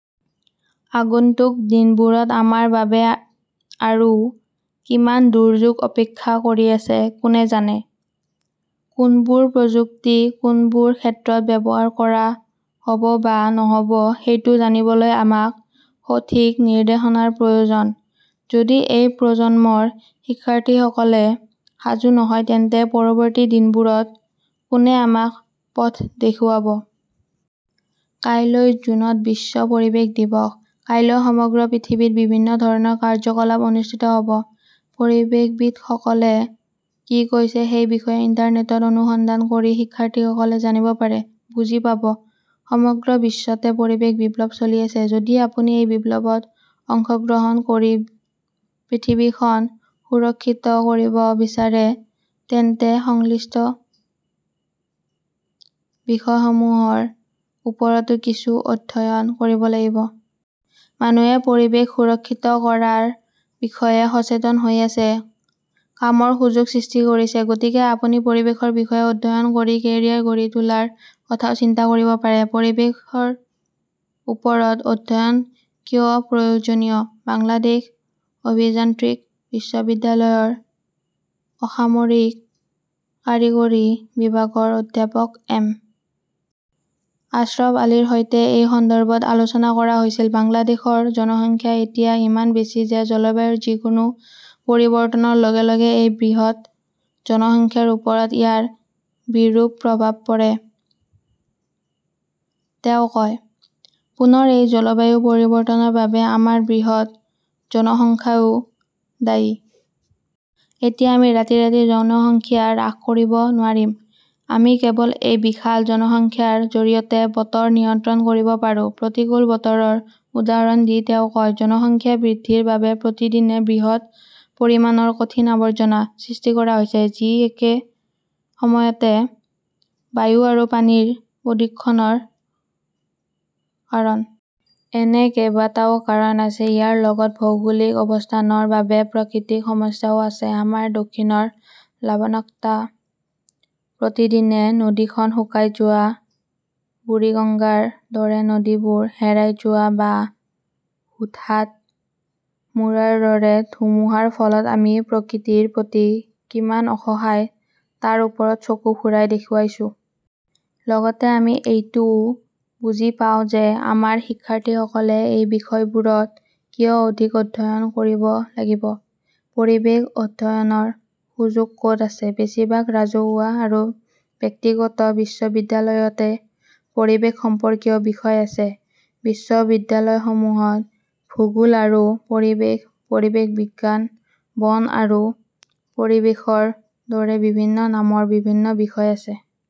আগন্তুক দিনবোৰত আমাৰ বাবে আৰু কিমান দুৰ্যোগ অপেক্ষা কৰি আছে, কোনে জানে! কোনবোৰ প্ৰযুক্তি কোনবোৰ ক্ষেত্ৰত ব্যৱহাৰ কৰা হব বা নহব সেইটো জানিবলৈ আমাক সঠিক নিৰ্দেশনাৰ প্ৰয়োজন। যদি এই প্ৰজন্মৰ শিক্ষাৰ্থীসকলে সাজু নহয়, তেন্তে পৰৱৰ্তী দিনবোৰত কোনে আমাক পথ দেখুৱাব? কাইলৈ জুনত বিশ্ব পৰিৱেশ দিৱস। কাইলৈ সমগ্ৰ পৃথিৱীত বিভিন্ন ধৰণৰ কাৰ্যকলাপ অনুষ্ঠিত হব। পৰিৱেশবিদসকলে কি কৈছে সেই বিষয়ে ইণ্টাৰনেটত অনুসন্ধান কৰি শিক্ষাৰ্থীসকলে জানিব পাৰে। বুজি পাব, সমগ্ৰ বিশ্বতে পৰিৱেশ-বিপ্লৱ চলি আছে। যদি আপুনি এই বিপ্লৱত অংশগ্ৰহণ কৰি পৃথিৱীখন সুৰক্ষিত কৰিব বিচাৰে তেন্তে সংশ্লিষ্ট বিষয়সমূহৰ ওপৰতো কিছু অধ্যয়ন কৰিব লাগিব। মানুহে পৰিৱেশ সুৰক্ষিত কৰাৰ বিষয়ে সচেতন হৈ আছে, কামৰ সুযোগ সৃষ্টি কৰিছে। গতিকে আপুনি পৰিৱেশৰ বিষয়ে অধ্যয়ন কৰি কেৰিয়াৰ গঢ়ি তোলাৰ কথাও চিন্তা কৰিব পাৰে। পৰিৱেশৰ ওপৰত অধ্যয়ন কিয় প্ৰয়োজনীয়? বাংলাদেশ অভিযান্ত্ৰিক বিশ্ববিদ্যালয়ৰ অসামৰিক কাৰিকৰী বিভাগৰ অধ্যাপক এম. আশ্ৰফ আলীৰ সৈতে এই সন্দৰ্ভত আলোচনা কৰা হৈছিল। "বাংলাদেশৰ জনসংখ্যা এতিয়া ইমান বেছি যে জলবায়ুৰ যিকোনো পৰিৱৰ্তনৰ লগে লগে এই বৃহৎ জনসংখ্যাৰ ওপৰত ইয়াৰ বিৰূপ প্ৰভাৱ পৰে", তেওঁ কয়। পুনৰ এই জলবায়ু পৰিৱৰ্তনৰ বাবে আমাৰ বৃহৎ জনসংখ্যাও দায়ী। এতিয়া আমি ৰাতিৰাতি জনসংখ্যা হ্ৰাস কৰিব নোৱাৰিম। আমি কেৱল এই বিশাল জনসংখ্যাৰ জৰিয়তে বতৰ নিয়ন্ত্ৰণ কৰিব পাৰোঁ। "প্ৰতিকূল বতৰৰ উদাহৰণ দি তেওঁ কয়", "জনসংখ্যা বৃদ্ধিৰ বাবে প্ৰতিদিনে বৃহৎ পৰিমাণৰ" "কঠিন আৱৰ্জনা" "সৃষ্টি কৰা হৈছে, যি একে সময়তে বায়ু আৰু পানীৰ প্ৰদূষণৰ কাৰণ। " এনে কেইবাটাও কাৰণ আছে। ইয়াৰ লগত ভৌগোলিক অৱস্থানৰ বাবে প্ৰাকৃতিক সমস্যাও আছে। আমাৰ দক্ষিণৰ লবণাক্ততা, প্ৰতিদিনে নদীখন শুকাই যোৱা, বুৰিগঙ্গাৰ দৰে নদীবোৰ হেৰাই যোৱা বা হুটহাট "মোৰাৰ দৰে ধুমুহাৰ ফলত আমি প্ৰকৃতিৰ প্ৰতি কিমান অসহায় তাৰ ওপৰত চকু ফুৰাই দেখুৱাইছো। লগতে আমি এইটোও বুজি পাওঁ যে আমাৰ শিক্ষাৰ্থীসকলে এই বিষয়বোৰত কিয় অধিক অধ্যয়ন কৰিব লাগিব। "পৰিৱেশ অধ্যয়নৰ সুযোগ ক’ত আছে? বেছিভাগ ৰাজহুৱা আৰু ব্যক্তিগত বিশ্ববিদ্যালয়তে পৰিৱেশ সম্পৰ্কীয় বিষয় আছে। বিশ্ববিদ্যালয়সমূহত ভূগোল আৰু পৰিৱেশ, পৰিৱেশ বিজ্ঞান, বন আৰু পৰিৱেশৰ দৰে বিভিন্ন নামৰ বিভিন্ন বিষয় আছে।